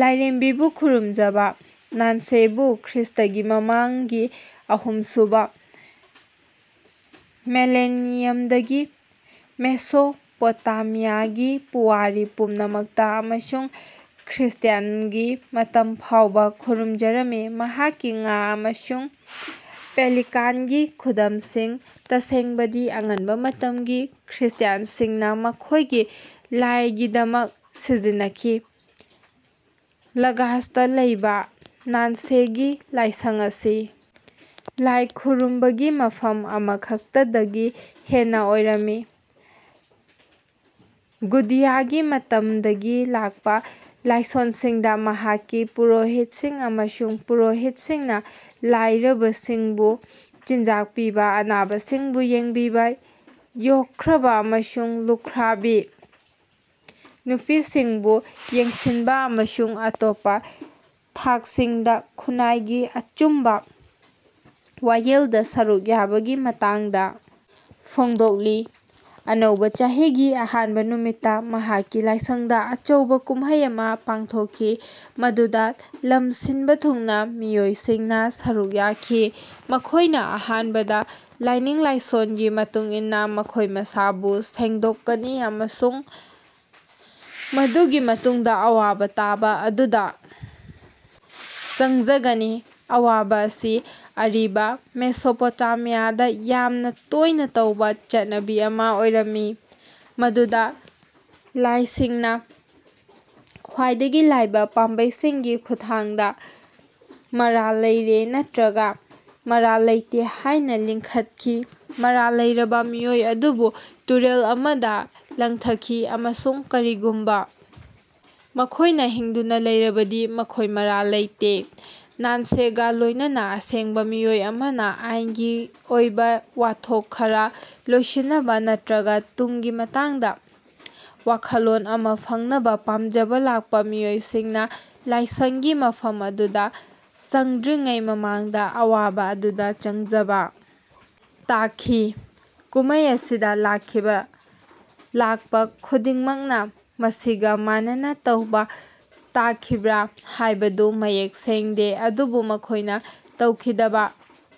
ꯂꯥꯏꯔꯦꯝꯕꯤꯕꯨ ꯈꯨꯔꯨꯝꯖꯕ ꯅꯥꯟꯁꯦꯕꯨ ꯈ꯭ꯔꯤꯁ꯭ꯇꯒꯤ ꯃꯃꯥꯡꯒꯤ ꯑꯍꯨꯝ ꯁꯨꯕ ꯃꯤꯂꯦꯅꯤꯌꯝꯗꯒꯤ ꯃꯦꯁꯣꯄꯣꯇꯦꯃꯤꯌꯥꯒꯤ ꯄꯨꯋꯥꯔꯤ ꯄꯨꯝꯅꯃꯛꯇ ꯑꯃꯁꯨꯡ ꯈ꯭ꯔꯤꯁ꯭ꯇ꯭ꯌꯥꯟꯒꯤ ꯃꯇꯝ ꯐꯥꯎꯕ ꯈꯨꯔꯨꯝꯖꯔꯝꯃꯤ꯫ ꯃꯍꯥꯛꯀꯤ ꯉꯥ ꯑꯃꯁꯨꯡ ꯄꯦꯂꯤꯀꯥꯟꯒꯤ ꯈꯨꯗꯝꯁꯤꯡ ꯇꯁꯦꯡꯕꯗꯤ ꯑꯉꯟꯕ ꯃꯇꯝꯒꯤ ꯈ꯭ꯔꯤꯁ꯭ꯇ꯭ꯌꯥꯟꯁꯤꯡꯅ ꯃꯈꯣꯏꯒꯤ ꯂꯥꯏꯒꯤꯗꯃꯛ ꯁꯤꯖꯤꯟꯅꯈꯤ꯫ ꯂꯒꯥꯁꯇ ꯂꯩꯕ ꯅꯥꯟꯁꯦꯒꯤ ꯂꯥꯏꯁꯪ ꯑꯁꯤ ꯂꯥꯏ ꯈꯨꯔꯨꯝꯕꯒꯤ ꯃꯐꯝ ꯑꯃꯈꯛꯇꯗꯒꯤ ꯍꯦꯟꯅ ꯑꯣꯏꯔꯝꯃꯤ꯫ ꯒꯨꯗꯤꯌꯥꯒꯤ ꯃꯇꯝꯗꯒꯤ ꯂꯥꯛꯄ ꯂꯥꯏꯁꯣꯟꯁꯤꯡꯗ ꯃꯍꯥꯛꯀꯤ ꯄꯨꯔꯣꯍꯤꯠꯁꯤꯡ ꯑꯃꯁꯨꯡ ꯄꯨꯔꯣꯍꯤꯠꯁꯤꯡꯅ ꯂꯥꯏꯔꯕꯁꯤꯡꯕꯨ ꯆꯤꯟꯖꯥꯛ ꯄꯤꯕ ꯑꯅꯥꯕꯁꯤꯡꯕꯨ ꯌꯦꯡꯁꯤꯟꯕ ꯌꯣꯛꯈ꯭ꯔꯕ ꯑꯃꯁꯨꯡ ꯂꯨꯈ꯭ꯔꯥꯕꯤ ꯅꯨꯄꯤꯁꯤꯡꯕꯨ ꯌꯦꯡꯁꯤꯟꯕ ꯑꯃꯁꯨꯡ ꯑꯇꯣꯞꯄ ꯊꯥꯛꯁꯤꯡꯗ ꯈꯨꯟꯅꯥꯏꯒꯤ ꯑꯆꯨꯝꯕ ꯋꯥꯌꯦꯜꯗ ꯁꯔꯨꯛ ꯌꯥꯕꯒꯤ ꯃꯇꯥꯡꯗ ꯐꯣꯡꯗꯣꯛꯂꯤ꯫ ꯑꯅꯧꯕ ꯆꯍꯤꯒꯤ ꯑꯍꯥꯟꯕ ꯅꯨꯃꯤꯠꯇ ꯃꯍꯥꯛꯀꯤ ꯂꯥꯏꯁꯪꯗ ꯑꯆꯧꯕ ꯀꯨꯝꯍꯩ ꯑꯃ ꯄꯥꯡꯊꯣꯛꯈꯤ ꯃꯗꯨꯗ ꯂꯝ ꯁꯤꯟꯕ ꯊꯨꯡꯅ ꯃꯤꯑꯣꯏꯁꯤꯡꯅ ꯁꯔꯨꯛ ꯌꯥꯈꯤ꯫ ꯃꯈꯣꯏꯅ ꯑꯍꯥꯟꯕꯗ ꯂꯥꯏꯅꯤꯡ ꯂꯥꯏꯁꯣꯜꯒꯤ ꯃꯇꯨꯡ ꯏꯟꯅ ꯃꯈꯣꯏ ꯃꯁꯥꯕꯨ ꯁꯦꯡꯗꯣꯛꯀꯅꯤ ꯑꯃꯁꯨꯡ ꯃꯗꯨꯒꯤ ꯃꯇꯨꯡꯗ ꯑꯋꯥꯕ ꯇꯥꯕ ꯑꯗꯨꯗ ꯆꯪꯖꯒꯅꯤ꯫ ꯑꯋꯥꯕ ꯑꯁꯤ ꯑꯔꯤꯕ ꯃꯦꯁꯣꯄꯣꯇꯦꯃꯤꯌꯥꯗ ꯌꯥꯝꯅ ꯇꯣꯏꯅ ꯇꯧꯕ ꯆꯠꯅꯕꯤ ꯑꯃ ꯑꯣꯏꯔꯝꯃꯤ ꯃꯗꯨꯗ ꯂꯥꯏꯁꯤꯡꯅ ꯈ꯭ꯋꯥꯏꯗꯒꯤ ꯂꯥꯏꯕ ꯄꯥꯝꯕꯩꯁꯤꯡꯒꯤ ꯈꯨꯠꯊꯥꯡꯗ ꯃꯔꯥꯜ ꯂꯩꯔꯦ ꯅꯠꯇ꯭ꯔꯒ ꯃꯔꯥꯜ ꯂꯩꯇꯦ ꯍꯥꯏꯅ ꯂꯤꯡꯈꯠꯈꯤ ꯃꯔꯥꯜ ꯂꯩꯔꯕ ꯃꯤꯑꯣꯏ ꯑꯗꯨꯕꯨ ꯇꯨꯔꯦꯜ ꯑꯃꯗ ꯂꯪꯊꯈꯤ ꯑꯃꯁꯨꯡ ꯀꯔꯤꯒꯨꯝꯕ ꯃꯈꯣꯏꯅ ꯍꯤꯡꯗꯨꯅ ꯂꯩꯔꯕꯗꯤ ꯃꯈꯣꯏ ꯃꯔꯥꯜ ꯂꯩꯇꯦ꯫ ꯅꯥꯟꯁꯦꯒ ꯂꯣꯏꯅꯅ ꯑꯌꯦꯡꯕ ꯃꯤꯑꯣꯏ ꯑꯃꯅ ꯑꯥꯏꯟꯒꯤ ꯑꯣꯏꯕ ꯋꯥꯊꯣꯛ ꯈꯔ ꯂꯣꯏꯁꯤꯟꯅꯕ ꯅꯠꯇ꯭ꯔꯒ ꯇꯨꯡꯒꯤ ꯃꯇꯥꯡꯗ ꯋꯥꯈꯜꯂꯣꯟ ꯑꯃ ꯐꯪꯅꯕ ꯄꯥꯝꯖꯕ ꯂꯥꯛꯄ ꯃꯤꯑꯣꯏꯁꯤꯡꯅ ꯂꯥꯏꯁꯪꯒꯤ ꯃꯐꯝ ꯑꯗꯨꯗ ꯆꯪꯗ꯭ꯔꯤꯉꯩ ꯃꯃꯥꯡꯗ ꯑꯋꯥꯕ ꯑꯗꯨꯗ ꯆꯪꯖꯕ ꯇꯥꯈꯤ꯫ ꯀꯨꯝꯃꯩ ꯑꯁꯤꯗ ꯂꯥꯛꯈꯤꯕ ꯂꯥꯛꯄ ꯈꯨꯗꯤꯡꯃꯛꯅ ꯃꯁꯤꯒ ꯃꯥꯟꯅꯅ ꯇꯧꯕ ꯇꯥꯈꯤꯕ꯭ꯔꯥ ꯍꯥꯏꯕꯗꯨ ꯃꯌꯦꯛ ꯁꯦꯡꯗꯦ ꯑꯗꯨꯕꯨ ꯃꯈꯣꯏꯅ ꯇꯧꯈꯤꯗꯕ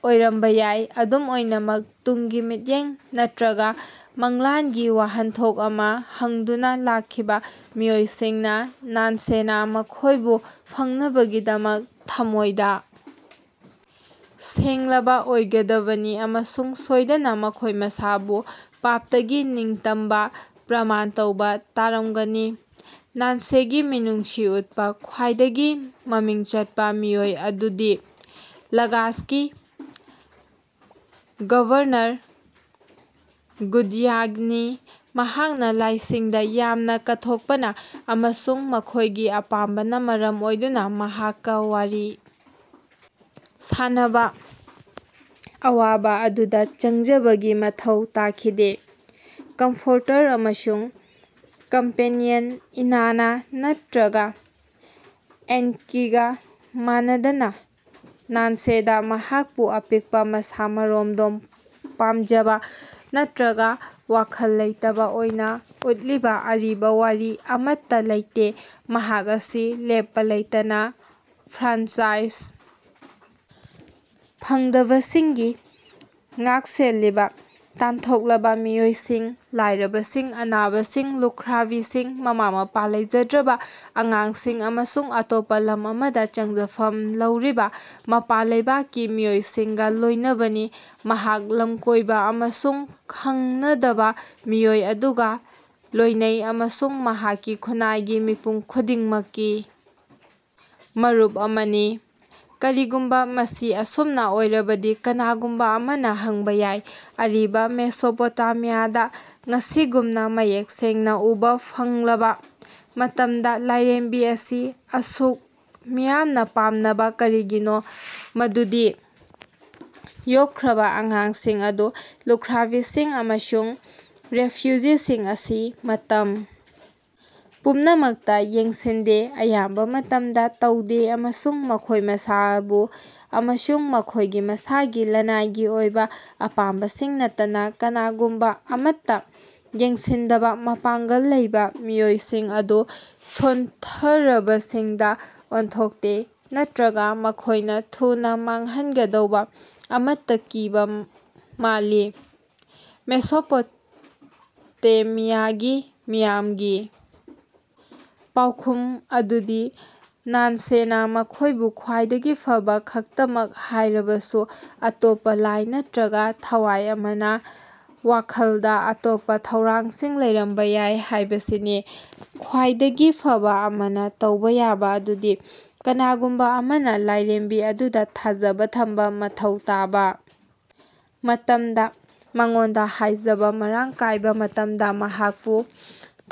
ꯑꯣꯏꯔꯝꯕ ꯌꯥꯏ꯫ ꯑꯗꯨꯝ ꯑꯣꯏꯅꯃꯛ ꯇꯨꯡꯒꯤ ꯃꯤꯠꯌꯦꯡ ꯅꯠꯇ꯭ꯔꯒ ꯃꯪꯂꯥꯟꯒꯤ ꯋꯥꯍꯟꯊꯣꯛ ꯑꯃ ꯍꯪꯗꯨꯅ ꯂꯥꯛꯈꯤꯕ ꯃꯤꯑꯣꯏꯁꯤꯡꯅ ꯅꯥꯟꯁꯦꯅ ꯃꯈꯣꯏꯕꯨ ꯐꯪꯅꯕꯒꯤꯗꯃꯛ ꯊꯃꯣꯏꯗ ꯁꯦꯡꯂꯕ ꯑꯣꯏꯒꯗꯕꯅꯤ ꯑꯃꯁꯨꯡ ꯁꯣꯏꯗꯅ ꯃꯈꯣꯏ ꯃꯁꯥꯕꯨ ꯄꯥꯞꯇꯒꯤ ꯅꯤꯡꯇꯝꯕ ꯄ꯭ꯔꯃꯥꯟ ꯇꯧꯕ ꯇꯥꯔꯝꯒꯅꯤ꯫ ꯅꯥꯟꯁꯦꯒꯤ ꯃꯤꯅꯨꯡꯁꯤ ꯎꯠꯄ ꯈ꯭ꯋꯥꯏꯗꯒꯤ ꯃꯃꯤꯡ ꯆꯠꯄ ꯃꯤꯑꯣꯏ ꯑꯗꯨꯗꯤ ꯂꯒꯥꯁꯀꯤ ꯒꯕꯔꯅꯔ ꯒꯨꯗꯤꯌꯥꯅꯤ ꯃꯍꯥꯛꯅ ꯂꯥꯏꯁꯤꯡꯗ ꯌꯥꯝꯅ ꯀꯠꯊꯣꯛꯄꯅ ꯑꯃꯁꯨꯡ ꯃꯈꯣꯏꯒꯤ ꯑꯄꯥꯝꯕꯅ ꯃꯔꯝ ꯑꯣꯏꯗꯨꯅ ꯃꯍꯥꯛꯀ ꯋꯥꯔꯤ ꯁꯥꯟꯅꯕ ꯑꯋꯥꯕ ꯑꯗꯨꯗ ꯆꯪꯖꯕꯒꯤ ꯃꯊꯧ ꯇꯥꯈꯤꯗꯦ꯫ ꯀꯝꯐꯣꯔꯇꯔ ꯑꯃꯁꯨꯡ ꯀꯝꯄꯦꯅꯤꯌꯟ ꯏꯅꯥꯅꯥ ꯅꯠꯇ꯭ꯔꯒ ꯑꯦꯟꯀꯤꯒ ꯃꯥꯟꯅꯗꯅ ꯅꯥꯟꯁꯦꯗ ꯃꯍꯥꯛꯄꯨ ꯑꯄꯤꯛꯄ ꯃꯁꯥ ꯃꯔꯣꯝꯗꯣꯝ ꯄꯥꯝꯖꯕ ꯅꯠꯇ꯭ꯔꯒ ꯋꯥꯈꯜ ꯂꯩꯇꯕ ꯑꯣꯏꯅ ꯎꯠꯂꯤꯕ ꯑꯔꯤꯕ ꯋꯥꯔꯤ ꯑꯃꯠꯇ ꯂꯩꯇꯦ꯫ ꯃꯍꯥꯛ ꯑꯁꯤ ꯂꯦꯞꯄ ꯂꯩꯇꯅ ꯐ꯭ꯔꯥꯟꯆꯥꯏꯖ ꯐꯪꯗꯕꯁꯤꯡꯒꯤ ꯉꯥꯛꯁꯦꯜꯂꯤꯕ ꯇꯥꯟꯊꯣꯛꯂꯕ ꯃꯤꯑꯣꯏꯁꯤꯡ ꯂꯥꯏꯔꯕꯁꯤꯡ ꯑꯅꯥꯕꯁꯤꯡ ꯂꯨꯈ꯭ꯔꯥꯕꯤꯁꯤꯡ ꯃꯃꯥ ꯃꯄꯥ ꯂꯩꯖꯗ꯭ꯔꯕ ꯑꯉꯥꯡꯁꯤꯡ ꯑꯃꯁꯨꯡ ꯑꯇꯣꯞꯄ ꯂꯝ ꯑꯃꯗ ꯆꯪꯖꯐꯝ ꯂꯧꯔꯤꯕ ꯃꯄꯥꯟ ꯂꯩꯕꯥꯛꯀꯤ ꯃꯤꯑꯣꯏꯁꯤꯡꯒ ꯂꯣꯏꯅꯕꯅꯤ꯫ ꯃꯍꯥꯛ ꯂꯝꯀꯣꯏꯕ ꯑꯃꯁꯨꯡ ꯈꯪꯅꯗꯕ ꯃꯤꯑꯣꯏ ꯑꯗꯨꯒ ꯂꯣꯏꯅꯩ ꯑꯃꯁꯨꯡ ꯃꯍꯥꯛꯀꯤ ꯈꯨꯟꯅꯥꯏꯒꯤ ꯃꯤꯄꯨꯝ ꯈꯨꯗꯤꯡꯃꯛꯀꯤ ꯃꯔꯨꯞ ꯑꯃꯅꯤ꯫ ꯀꯔꯤꯒꯨꯝꯕ ꯃꯁꯤ ꯑꯁꯨꯝꯅ ꯑꯣꯏꯔꯕꯗꯤ ꯀꯅꯥꯒꯨꯝꯕ ꯑꯃꯅ ꯍꯪꯕ ꯌꯥꯏ ꯑꯔꯤꯕ ꯃꯦꯁꯣꯄꯣꯇꯦꯃꯤꯌꯥꯗ ꯉꯁꯤꯒꯨꯝꯅ ꯃꯌꯦꯛ ꯁꯦꯡꯅ ꯎꯕ ꯐꯪꯂꯕ ꯃꯇꯝꯗ ꯂꯥꯏꯔꯦꯝꯕꯤ ꯑꯁꯤ ꯑꯁꯨꯛ ꯃꯤꯌꯥꯝꯅ ꯄꯥꯝꯅꯕ ꯀꯔꯤꯒꯤꯅꯣ ꯃꯗꯨꯗꯤ ꯌꯣꯛꯈ꯭ꯔꯕ ꯑꯉꯥꯡꯁꯤꯡ ꯑꯃꯁꯨꯡ ꯂꯨꯈ꯭ꯔꯥꯕꯤꯁꯤꯡ ꯑꯃꯁꯨꯡ ꯔꯦꯐ꯭ꯌꯨꯖꯤꯁꯤꯡ ꯑꯁꯤ ꯃꯇꯝ ꯄꯨꯝꯅꯃꯛꯇ ꯌꯦꯡꯁꯤꯟꯗꯦ ꯑꯌꯥꯝꯕ ꯃꯇꯝꯗ ꯇꯧꯗꯦ ꯑꯃꯁꯨꯡ ꯃꯈꯣꯏ ꯃꯁꯥꯕꯨ ꯑꯃꯁꯨꯡ ꯃꯈꯣꯏꯒꯤ ꯃꯁꯥꯒꯤ ꯂꯅꯥꯏꯒꯤ ꯑꯣꯏꯕ ꯑꯄꯥꯝꯕꯁꯤꯡ ꯅꯠꯇꯅ ꯀꯅꯥꯒꯨꯝꯕ ꯑꯃꯠꯇ ꯌꯦꯡꯁꯤꯟꯗꯕ ꯃꯄꯥꯡꯒꯜ ꯂꯩꯕ ꯃꯤꯑꯣꯏꯁꯤꯡ ꯑꯗꯨ ꯁꯣꯟꯊꯔꯕꯁꯤꯡꯗ ꯑꯣꯟꯊꯣꯛꯇꯦ ꯅꯠꯇ꯭ꯔꯒ ꯃꯈꯣꯏꯅ ꯊꯨꯅ ꯃꯥꯡꯍꯟꯒꯗꯧꯕ ꯑꯃꯠꯇ ꯀꯤꯕ ꯃꯥꯜꯂꯤ꯫ ꯃꯦꯁꯣꯄꯣꯇꯦꯃꯤꯌꯥꯒꯤ ꯃꯤꯌꯥꯝꯒꯤ ꯄꯥꯎꯈꯨꯝ ꯑꯗꯨꯗꯤ ꯅꯥꯟꯁꯦꯅ ꯃꯈꯣꯏꯕꯨ ꯈ꯭ꯋꯥꯏꯗꯒꯤ ꯐꯕ ꯈꯛꯇꯃꯛ ꯍꯥꯏꯔꯕꯁꯨ ꯑꯇꯣꯞꯄ ꯂꯥꯏ ꯅꯠꯇ꯭ꯔꯒ ꯊꯋꯥꯏ ꯑꯃꯅ ꯋꯥꯈꯜꯗ ꯑꯇꯣꯞꯄ ꯊꯧꯔꯥꯡꯁꯤꯡ ꯂꯩꯔꯝꯕ ꯌꯥꯏ ꯍꯥꯏꯕꯁꯤꯅꯤ꯫ ꯈ꯭ꯋꯥꯏꯗꯒꯤ ꯐꯕ ꯑꯃꯅ ꯇꯧꯕ ꯌꯥꯕ ꯑꯗꯨꯗꯤ ꯀꯅꯥꯒꯨꯝꯕ ꯑꯃꯅ ꯂꯥꯏꯔꯦꯝꯕꯤ ꯑꯗꯨꯗ ꯊꯥꯖꯕ ꯊꯝꯕ ꯃꯊꯧ ꯇꯥꯕ ꯃꯇꯝꯗ ꯃꯉꯣꯟꯗ ꯍꯥꯏꯖꯕ ꯃꯔꯥꯡ ꯀꯥꯏꯕ ꯃꯇꯝꯗ ꯃꯍꯥꯛꯄꯨ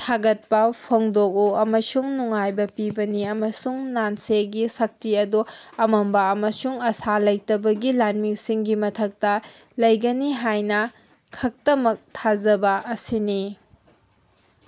ꯊꯥꯒꯠꯄ ꯐꯣꯡꯗꯣꯛꯎ ꯑꯃꯁꯨꯡ ꯅꯨꯡꯉꯥꯏꯕ ꯄꯤꯕꯅꯤ ꯑꯃꯁꯨꯡ ꯅꯥꯟꯁꯦꯒꯤ ꯁꯛꯇꯤ ꯑꯗꯨ ꯑꯃꯝꯕ ꯑꯃꯁꯨꯡ ꯑꯥꯁꯥ ꯂꯩꯇꯕꯒꯤ ꯂꯥꯟꯃꯤꯁꯤꯡꯒꯤ ꯃꯊꯛꯇ ꯂꯩꯒꯅꯤ ꯍꯥꯏꯅ ꯈꯛꯇꯃꯛ ꯊꯥꯖꯕ ꯑꯁꯤꯅꯤ꯫